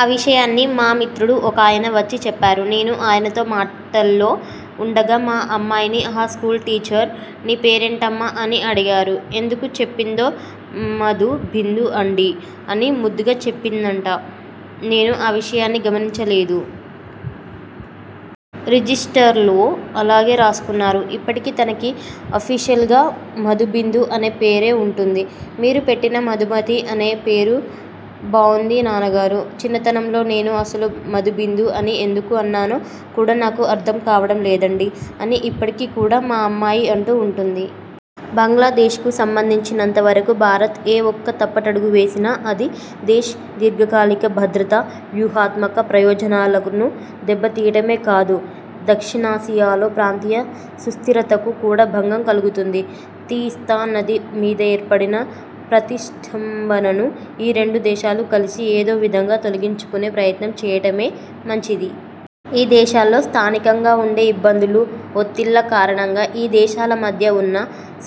ఆ విషయాన్ని మా మిత్రుడు ఒకాయన వచ్చి చెప్పారు. నేను ఆయనతో మాటల్లో ఉండగా మా అమ్మాయిని ఆ స్కూల్ టీచర్ 'నీ పేరేంటమ్మా? ' అని అడిగారు. ఎందుకు చెప్పిందో 'మధు బిందు అండీ' అని ముద్దుగా చెప్పిందన్ట. నేను ఆ విషయాన్ని గమనించనేలేదు. రిజిస్టర్లో అలాగే రాసుకున్నారు. ఇప్పటికీ తనకి అఫిషియల్గా 'మధు బిందు' అనే పేరు ఉంటుంది. 'మీరు పెట్టిన మధుమతి అనే పేరే బావుంది నాన్నగారు. చిన్నతనంలో నేను అసలు మధుబిందు అని ఎందుకు అన్నానో కూడా నాకు అర్థం కావడం లేదండీ' అని ఇప్పటికి కూడా మా అమ్మాయి అంటూ ఉంటుంది. బంగ్లాదేశ్ కు సంబంధించినంత వరకూ భారత్ ఏ ఒక్క తప్పటడుగు వేసినా అది దేశ్ దీర్ఘకాలిక భద్రత, వ్యూహాత్మక ప్రయోజనాలను దెబ్బ తీయడమే కాదు, దక్షిణాసియాలో ప్రాంతీయ సుస్థిరతకు కూడా భంగం కలుగుతుంది. తీస్తా నది మీద ఏర్పడిన ప్రతిష్ఠంభనను ఈ రెండు దేశాలూ కలిసి ఏదో విధంగా తొలగించుకునే ప్రయత్నం చేయడమే మంచిది. ఈ దేశాల్లో స్థానికంగా ఉండే ఇబ్బందులు, ఒత్తిళ్ల కారణంగా ఈ దేశాల మధ్య ఉన్న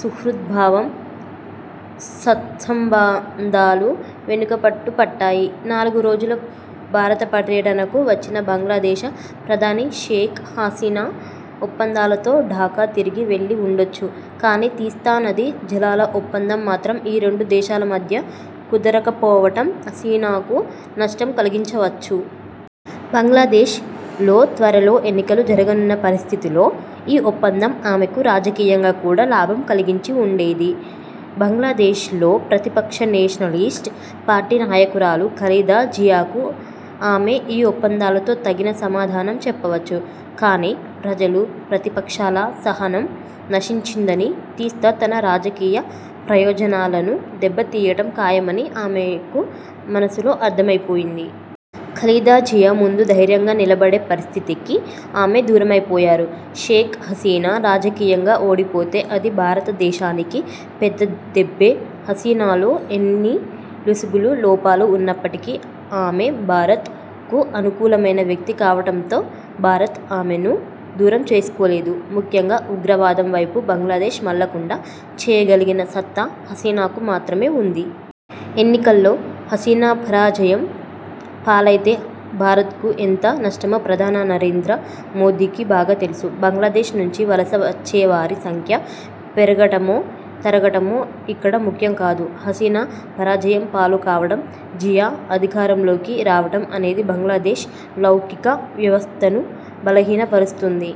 సుహృద్భావం, సత్సంబంధాలు వెనుకపట్టు పట్టాయి. నాలుగు రోజుల భారత పర్యటనకు వచ్చిన బంగ్లాదేశ ప్రధాని షేక్ హసీనా ఒప్పందాలతో ఢాకా తిరిగి వెళ్లి ఉండొచ్చు. కానీ, తీస్తా నదీ జలాల ఒప్పందం మాత్రం ఈ రెండు దేశాల మధ్య కుదరకపోవడం హసీనాకు నష్టం కలిగించవచ్చు. బంగ్లాదేశ్ లో త్వరలో ఎన్నికలు జరగనున్న పరిస్థితిలో ఈ ఒప్పందం ఆమెకు రాజకీయంగా కూడా లాభం కలిగించి ఉండేది. బంగ్లాదేశ్ లో ప్రతిపక్ష నేషనలిస్ట్ పార్టీ నాయకురాలు ఖలీదా జియాకు ఆమె ఈ ఒప్పందాలతో తగిన సమాధానం చెప్పవచ్చు. కానీ, ప్రజలు, ప్రతిపక్షాల సహనం నశించిందనీ, తీస్తా తన రాజకీయ ప్రయోజనాలను దెబ్బ తీయడం ఖాయమనీ ఆమెకు మనసులో అర్థమైపోయింది. ఖలీదా జియా ముందు ధైర్యంగా నిలబడే పరిస్థితికి ఆమె దూరమైపోయారు. షేక్ హసీనా రాజకీయంగా ఓడిపోతే అది భారతదేశానికి పెద్ద దెబ్బే హసీనాలో ఎన్ని లొసుగులు, లోపాలు ఉన్నప్పటికీ, ఆమె భారత్ కు అనుకూలమైన వ్యక్తి కావడంతో భారత్ ఆమెను దూరం చేసుకోలేదు. ముఖ్యంగా ఉగ్రవాదం వైపు బంగ్లాదేశ్ మళ్లకుండా చేయగలిగిన సత్తా హసీనాకు మాత్రమే ఉంది. ఎన్నికల్లో హసీనాపరాజయం పాలైతే భారత్ కు ఎంత నష్టమో ప్రధాన నరేంద్ర మోదీకి బాగా తెలుసు. బంగ్లాదేశ్ నుంచి వలస వచ్చేవారి సంఖ్య పెరగడమో, తరగడమో ఇక్కడ ముఖ్యం కాదు. హసీనా పరాజయం పాలు కావడం, జియా అధికారంలోకి రావడం అనేది బంగ్లాదేశ్ లౌకిక వ్యవస్థను బలహీనపరుస్తుంది.